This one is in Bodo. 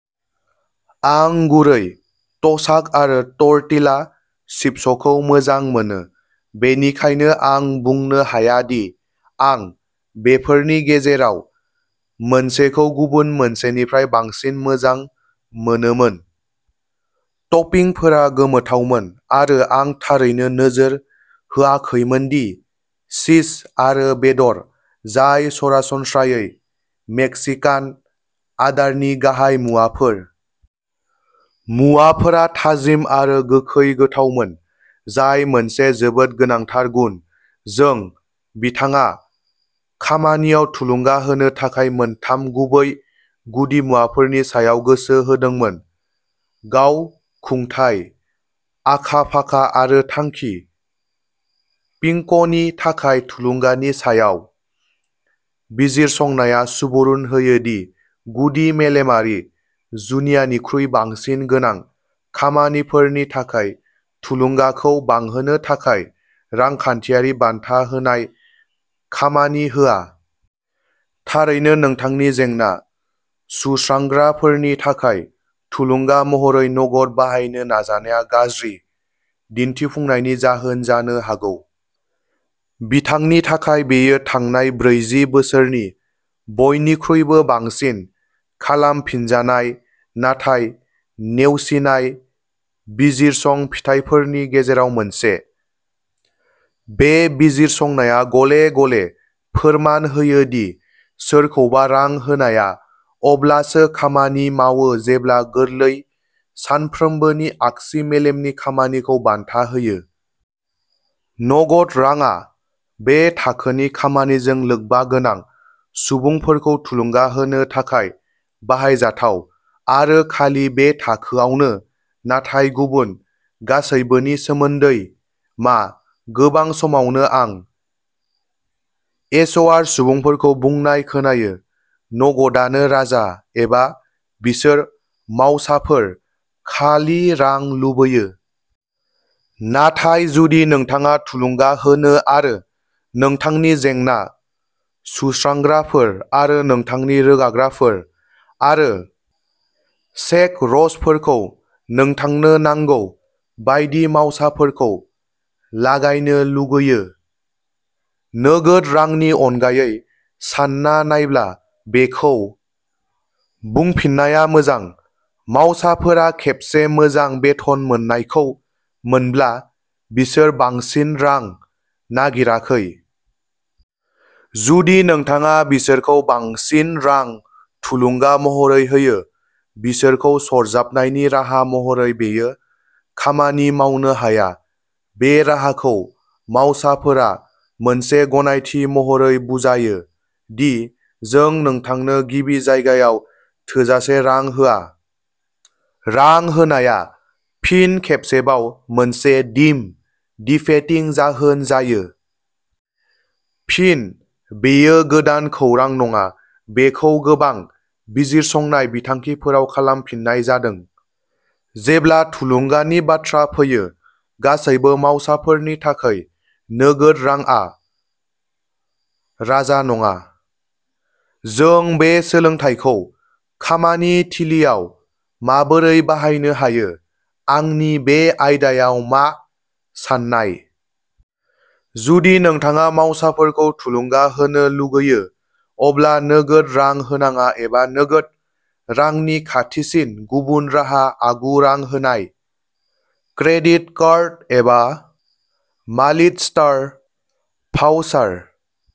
आं गुरै ट्याक'आरो टर्टिला चिप्सखौ मोजां मोनो, बेनिखायनो आं बुंनो हाया दि आं बेफोरनि गेजेराव मोनसेखौ गुबुन मोनसेनिफ्राय बांसिन मोजां मोनोमोन। टपिंफोरा गोथावमोन आरो आं थारैनो नोजोर होआखैमोन दि चीज आरो बेदर जाय सरासनस्रायै मेक्सिकान आदारनि गाहाय मुवाफोर। मुवाफोरा थाजिम आरो गोखै गोथावमोन जाय मोनसे जोबोद गोनांथार गुन। जों, बिथाङा खामानियाव थुलुंगा होनो थाखाय मोनथाम गुबै गुदिमुवाफोरनि सायाव गोसो होदोंमोनः गावखुंथाय, आखा-फाखा आरो थांखि। पिंकनि थाखाय, थुलुंगानि सायाव बिजिरसंनाया सुबुरुन होयो दि, गुदि मेलेमारि जुजिनायनिख्रुइ बांसिन गोनां खामानिफोरनि थाखाय, थुलुंगाखौ बांहोनो थाखाय रांखान्थियारि बान्था होनाय खामानि होआ। थारैनो, नोंथांनि जेंना-सुस्रांग्राफोरनि थाखाय थुलुंगा महरै नगद बाहायनो नाजानाया गाज्रि दिन्थिफुंनायनि जाहोन जानो हागौ। बिथांनि थाखाय, बेयो थांनाय ब्रैजि बोसोरनि बयनिख्रुइबो बांसिन खालामफिनजानाय नाथाय नेवसिनाय बिजिरसं फिथाइफोरनि गेजेराव मोनसे। बे बिजिरसंनाया गले-गले फोरमान होयो दि सोरखौबा रां होनाया अब्लासो खामानि मावो जेब्ला गोरलै, सानफ्रोमबोनि आगसि-मेलेमनि खामानिखौ बान्था होयो। नगद रांआ बे थाखोनि खामानिजों लोब्बागोनां सुबुंफोरखौ थुलुंगा होनो थाखाय बाहायजाथाव आरो खालि बे थाखोआवनो। नाथाय गुबुन गासैबोनि सोमोन्दै मा? गोबां समावनो आं एचआर सुबुंफोरखौ बुंनाय खोनायोः'नगदानो राजा'; एबाः'बिसोर मावसाफोर खालि रां लुबैयो! 'नाथाय जुदि नोंथाङा थुलुंगा होनो आरो नोंथांनि जेंना-सुस्रांग्राफोर आरो नोंथांनि रोगाग्राफोर आरो शेकर्सफोरखौ नोंथांनो नांगौ बायदि मावसाफोरखौ लागायनो लुगैयो। नोगोद रांनि अनगायै सानना नायब्ला। बेखौ बुंफिननाया मोजांः मावसाफोरा खेबसे मोजां बेथन मोननायखौ मोनब्ला, बिसोर बांसिन रां नागिराखै। जुदि नोंथाङा बिसोरखौ बांसिन रां थुलुंगा महरै होयो-बिसोरखौ सरजाबनायनि राहा महरै, बेयो खामानि मावनो हाया। बे राहाखौ मावसाफोरा मोनसे गनायथि महरै बुजायो दिः जों नोंथांनो गिबि जायगायाव थोजासे रां होआ। रां होनाया फिन खेबसेबाव मोनसे डिम'टिभेटिं जाहोन जायो। फिन, बेयो गोदान खौरां नङाः बेखौ गोबां बिजिरसंनाय बिथांखिफोराव खालामफिननाय जादों। जेब्ला थुलुंगानि बाथ्रा फैयो, गासैबो मावसाफोरनि थाखाय नोगोद रांआ राजा नङा। जों बे सोलोंथायखौ खामानि थिलिआव माबोरै बाहायनो हायो? आंनि बे आयदायाव मा साननाय? जुदि नोंथाङा मावसाफोरखौ थुलुंगा होनो लुगैयो अब्ला नोगोद रां होनाङा, एबा नोगोद रांनि खाथिसिन गुबुन राहा-आगु-रां होनाय क्रेडिट कार्ड एबा माल्टिस्ट'र भाउचार।